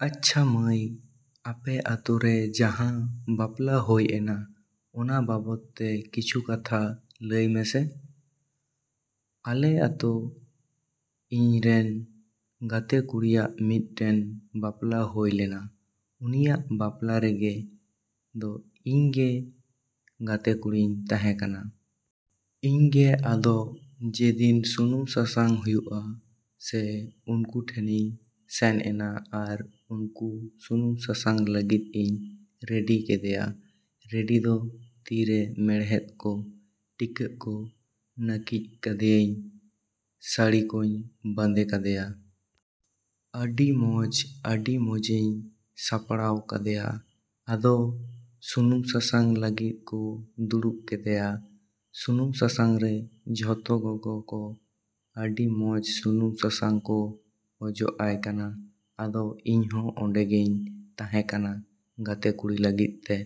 ᱟᱪᱪᱷᱟ ᱢᱟᱹᱭ, ᱟᱯᱮ ᱟᱛᱳᱨᱮ ᱡᱟᱦᱟᱸ ᱵᱟᱯᱞᱟ ᱦᱳᱭ ᱮᱱᱟ ᱚᱱᱟ ᱵᱟᱵᱚᱫ ᱛᱮ ᱠᱤᱪᱷᱩ ᱠᱟᱛᱷᱟ ᱞᱟᱹᱭ ᱢᱮᱥᱮ? ᱟᱞᱮ ᱟᱛᱳ ᱤᱧᱨᱮᱱ ᱜᱟᱛᱮ ᱠᱩᱲᱤᱭᱟᱜ ᱢᱤᱫ ᱴᱮᱱ ᱵᱟᱯᱞᱟ ᱦᱳᱭ ᱞᱮᱱᱟ᱾ ᱩᱱᱤᱭᱟᱜ ᱵᱟᱯᱞᱟ ᱨᱮᱜᱮ ᱫᱚ ᱤᱧ ᱜᱮ ᱜᱟᱛᱮ ᱠᱩᱲᱤᱧ ᱛᱟᱦᱮᱸ ᱠᱟᱱᱟ᱾ ᱤᱧ ᱜᱮ ᱟᱫᱚ ᱡᱮ ᱫᱤᱱ ᱥᱩᱱᱩᱢ ᱥᱟᱥᱟᱝ ᱦᱩᱭᱩᱜᱼᱟ ᱥᱮ ᱩᱱᱠᱩ ᱴᱷᱮᱱᱤᱧ ᱥᱮᱱ ᱮᱱᱟ ᱟᱨ ᱩᱱᱤ ᱥᱩᱱᱩᱢ ᱥᱟᱥᱟᱝ ᱞᱟᱹᱜᱤᱫ ᱤᱧ ᱨᱮᱰᱤ ᱠᱮᱫᱮᱭᱟ᱾ ᱨᱮᱰᱤ ᱫᱚ ᱛᱤ ᱨᱮ ᱢᱮᱦᱮᱱᱫᱤ ᱠᱚ, ᱴᱤᱠᱟᱹᱜ ᱠᱚ, ᱱᱟᱹᱠᱤᱪ ᱠᱟᱫᱮᱭᱟᱹᱧ, ᱥᱟᱹᱲᱤ ᱠᱚᱧ ᱵᱟᱸᱫᱮ ᱠᱟᱫᱮᱭᱟ᱾ ᱟᱹᱰᱤ ᱢᱚᱸᱡᱽ, ᱟᱹᱰᱤ ᱢᱚᱸᱡᱤᱧ ᱥᱟᱯᱲᱟᱣ ᱠᱟᱫᱮᱭᱟ᱾ ᱟᱫᱚ ᱥᱩᱱᱩᱢ ᱥᱟᱥᱟᱝ ᱞᱟᱹᱜᱤᱫ ᱠᱚ ᱫᱩᱲᱩᱵ ᱠᱮᱫᱮᱭᱟ᱾ ᱥᱩᱱᱩᱢ ᱥᱟᱥᱟᱝ ᱨᱮ ᱡᱷᱚᱛᱚ ᱜᱚᱜᱚ ᱠᱚ ᱟᱹᱰᱤ ᱢᱚᱸᱡᱽ ᱥᱩᱱᱩᱢ ᱥᱟᱥᱟᱝ ᱠᱚ ᱚᱡᱚᱜ ᱟᱭ ᱠᱟᱱᱟ᱾ ᱟᱫᱚ ᱤᱧ ᱦᱚᱸ ᱚᱸᱰᱮ ᱜᱤᱧ ᱛᱟᱦᱮᱸ ᱠᱟᱱᱟ ᱜᱟᱛᱮ ᱠᱩᱲᱤ ᱞᱟᱹᱜᱤᱫ ᱛᱮ᱾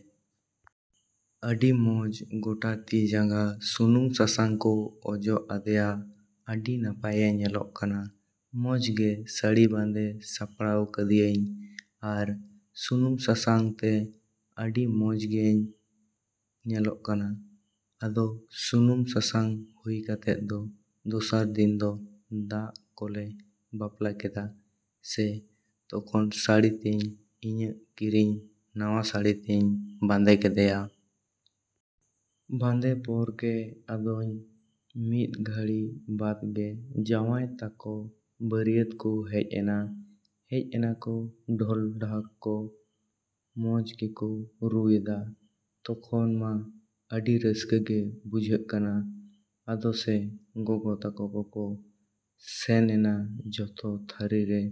ᱟᱹᱰᱤ ᱢᱚᱸᱡᱽ ᱜᱚᱴᱟ ᱛᱤ ᱡᱟᱸᱜᱟ ᱥᱩᱱᱩᱢ ᱥᱟᱥᱟᱝ ᱠᱚ ᱚᱡᱚᱜ ᱟᱫᱮᱭᱟ, ᱟᱹᱰᱤ ᱱᱟᱯᱟᱭᱮ ᱧᱮᱞᱚᱜ ᱠᱟᱱᱟ᱾ ᱢᱚᱸᱡᱽ ᱜᱮ ᱥᱟᱹᱲᱤ ᱵᱟᱸᱫᱮ ᱥᱟᱯᱲᱟᱣ ᱠᱟᱫᱮᱭᱟᱹᱧ ᱟᱨ ᱥᱩᱱᱩᱢ ᱥᱟᱥᱟᱝ ᱛᱮ ᱟᱹᱰᱤ ᱢᱚᱸᱡᱽ ᱜᱮᱭ ᱧᱮᱞᱚᱜ ᱠᱟᱱᱟ᱾ ᱟᱫᱚ ᱥᱩᱱᱩᱢ ᱥᱟᱥᱟᱝ ᱦᱩᱭ ᱠᱟᱛᱮᱫ ᱫᱚ ᱫᱚᱥᱟᱨ ᱫᱤᱱ ᱫᱚ ᱫᱟᱜ ᱠᱚᱞᱮ ᱵᱟᱯᱞᱟ ᱠᱮᱫᱟ ᱥᱮ ᱛᱚᱠᱷᱚᱱ ᱥᱟᱹᱲᱤ ᱛᱤᱧ, ᱤᱧᱟᱹᱜ ᱠᱤᱨᱤᱧ ᱱᱟᱣᱟ ᱥᱟᱹᱲᱤ ᱛᱤᱧ ᱵᱟᱸᱫᱮ ᱠᱮᱫᱮᱭᱟ᱾ ᱵᱟᱸᱫᱮ ᱯᱚᱨ ᱜᱮ ᱟᱫᱚᱧ ᱢᱤᱫ ᱜᱷᱟᱹᱲᱤ ᱵᱟᱫ ᱜᱮ ᱡᱟᱶᱟᱭ ᱛᱟᱠᱚ ᱵᱟᱹᱨᱭᱟᱹᱛ ᱠᱚ ᱦᱮᱡ ᱮᱱᱟ᱾ ᱦᱮᱡ ᱮᱱᱟᱠᱚ ᱰᱷᱳᱞ ᱠᱚ ᱰᱷᱟᱠ ᱠᱚ ᱢᱚᱸᱡᱽ ᱜᱮᱠᱚ ᱨᱩ ᱮᱫᱟ, ᱛᱚᱠᱷᱚᱱ ᱢᱟ ᱟᱹᱰᱤ ᱨᱟᱹᱥᱠᱟᱹ ᱜᱮ ᱵᱩᱡᱷᱟᱹᱜ ᱠᱟᱱᱟ᱾ ᱟᱫᱚ ᱥᱮ ᱜᱚᱜᱚ ᱛᱟᱠᱚ ᱠᱚᱠᱚ ᱥᱮᱱ ᱮᱱᱟ ᱡᱚᱛᱚ ᱛᱷᱟᱹᱨᱤ ᱨᱮ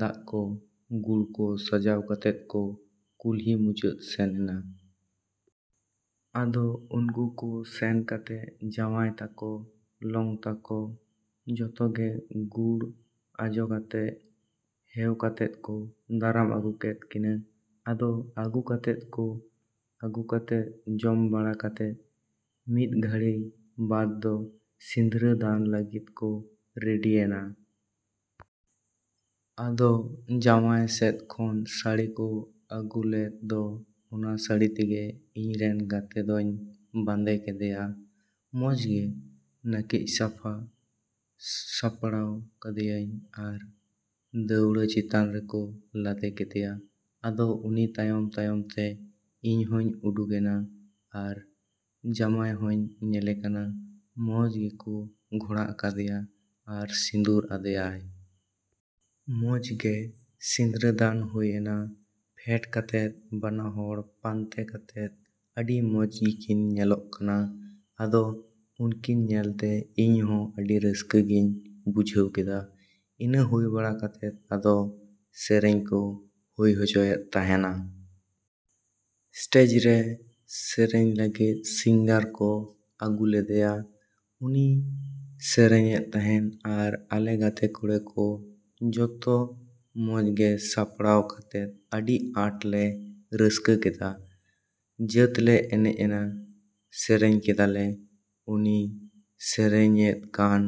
ᱫᱟᱜ ᱠᱚ ᱜᱩᱲ ᱠᱚ ᱥᱟᱡᱟᱣ ᱠᱟᱛᱮᱫ ᱠᱚ ᱠᱩᱞᱦᱤ ᱢᱩᱪᱟᱹᱫ ᱥᱮᱱ ᱮᱱᱟ᱾ ᱟᱫᱚ ᱩᱱᱠᱩ ᱠᱚ ᱥᱮᱱ ᱠᱟᱛᱮᱫ ᱡᱟᱶᱟᱭ ᱛᱟᱠᱚ, ᱞᱚᱝᱛᱟ ᱠᱚ ᱡᱚᱛᱚ ᱜᱮ ᱜᱩᱲ ᱟᱡᱚᱜ ᱠᱟᱛᱮᱫ, ᱦᱮᱣ ᱠᱟᱛᱮᱫ ᱠᱚ ᱫᱟᱨᱟᱢ ᱟᱹᱜᱩ ᱠᱮᱫ ᱠᱚᱣᱟ᱾ ᱟᱫᱚ ᱟᱹᱜᱩ ᱠᱟᱛᱮᱫ ᱫᱚ, ᱟᱹᱜᱩ ᱠᱟᱛᱮᱫ ᱡᱚᱢ ᱵᱟᱲᱟ ᱠᱟᱛᱮᱫ ᱢᱤᱫ ᱜᱷᱟᱹᱲᱤ ᱵᱟᱫ ᱫᱚ ᱥᱤᱸᱫᱽᱨᱟᱹ ᱫᱟᱱ ᱞᱟᱹᱜᱤᱫ ᱠᱚ ᱨᱮᱰᱤ ᱮᱱᱟ᱾ ᱟᱫᱚ ᱡᱟᱢᱟᱭ ᱥᱮᱫ ᱠᱷᱚᱱ ᱥᱟᱹᱲᱤ ᱠᱚ ᱟᱹᱜᱩ ᱞᱮᱫ ᱫᱚ ᱚᱱᱟ ᱥᱟᱹᱲᱤ ᱛᱮᱜᱮ ᱤᱧ ᱨᱮᱱ ᱜᱟᱛᱮ ᱫᱚᱧ ᱵᱟᱸᱫᱮ ᱠᱮᱫᱮᱭᱟ᱾ ᱢᱚᱸᱡᱽ ᱜᱮ ᱱᱟᱹᱠᱤᱪ ᱥᱟᱯᱷᱟ ᱥᱟᱯᱲᱟᱣ ᱠᱟᱫᱮᱭᱟᱹᱧ ᱟᱨ ᱫᱟᱹᱣᱲᱟᱹ ᱪᱮᱛᱟᱱ ᱨᱮᱠᱚ ᱞᱟᱫᱮ ᱠᱮᱫᱮᱭᱟ᱾ ᱟᱫᱚ ᱩᱱᱤ ᱛᱟᱭᱚᱢᱼᱛᱟᱭᱚᱢ ᱛᱮ ᱤᱧ ᱦᱚᱸᱧ ᱩᱰᱩᱠᱮᱱᱟ ᱟᱨ ᱡᱟᱢᱟᱭ ᱦᱚᱸᱧ ᱧᱮᱞᱮ ᱠᱟᱱᱟ ᱢᱚᱸᱡᱽ ᱜᱮᱠᱚ ᱜᱷᱚᱲᱟ ᱟᱠᱟᱫᱮᱭᱟ ᱟᱨ ᱥᱤᱸᱫᱩᱨ ᱟᱫᱮᱭᱟᱭ᱾ ᱢᱚᱸᱡᱽ ᱜᱮ ᱥᱤᱸᱫᱽᱨᱟᱹ ᱫᱟᱱ ᱦᱩᱭ ᱮᱱᱟ᱾ ᱯᱷᱮᱰ ᱠᱟᱛᱮᱫ ᱵᱟᱱᱟ ᱦᱚᱲ ᱯᱟᱱᱛᱮ ᱠᱟᱛᱮᱫ ᱟᱹᱰᱤ ᱢᱚᱸᱡᱽ ᱜᱮᱠᱤᱱ ᱧᱮᱞᱚᱜ ᱠᱟᱱᱟ᱾ ᱟᱫᱚ ᱩᱱᱠᱤᱱ ᱧᱮᱞᱛᱮ ᱤᱧ ᱦᱚᱸ ᱟᱹᱰᱤ ᱨᱟᱹᱥᱠᱟᱹ ᱜᱤᱧ ᱵᱩᱡᱷᱟᱹᱣ ᱠᱮᱫᱟ᱾ ᱤᱱᱟᱹ ᱦᱩᱭ ᱵᱟᱲᱟ ᱠᱟᱛᱮᱫ ᱟᱫᱚ ᱥᱮᱨᱮᱧ ᱠᱚ ᱦᱩᱭ ᱦᱚᱪᱚᱭᱮᱫ ᱛᱟᱸᱦᱮᱱᱟ᱾ ᱥᱴᱮᱡ ᱨᱮ ᱥᱮᱨᱮᱧ ᱞᱟᱹᱜᱤᱫ ᱥᱤᱝᱜᱟᱨ ᱠᱚ ᱟᱹᱜᱩ ᱞᱮᱫᱮᱭᱟ᱾ ᱩᱱᱤ ᱥᱮᱨᱮᱧᱮᱫ ᱛᱟᱸᱦᱮᱱ ᱟᱨ ᱟᱞᱮ ᱜᱟᱛᱮ ᱠᱩᱲᱤ ᱠᱚ ᱡᱚᱛᱚ ᱢᱚᱸᱡᱽ ᱜᱮ ᱥᱟᱯᱲᱟᱣ ᱠᱟᱛᱮᱫ ᱟᱹᱰᱤ ᱟᱸᱴ ᱞᱮ ᱨᱟᱹᱥᱠᱟᱹ ᱠᱮᱫᱟ᱾ ᱡᱟᱛ ᱞᱮ ᱮᱱᱮᱡ ᱮᱱᱟ, ᱥᱮᱨᱮᱧ ᱠᱮᱫᱟ ᱞᱮ᱾ ᱩᱱᱤ ᱥᱮᱨᱮᱧᱮᱫ ᱠᱟᱱ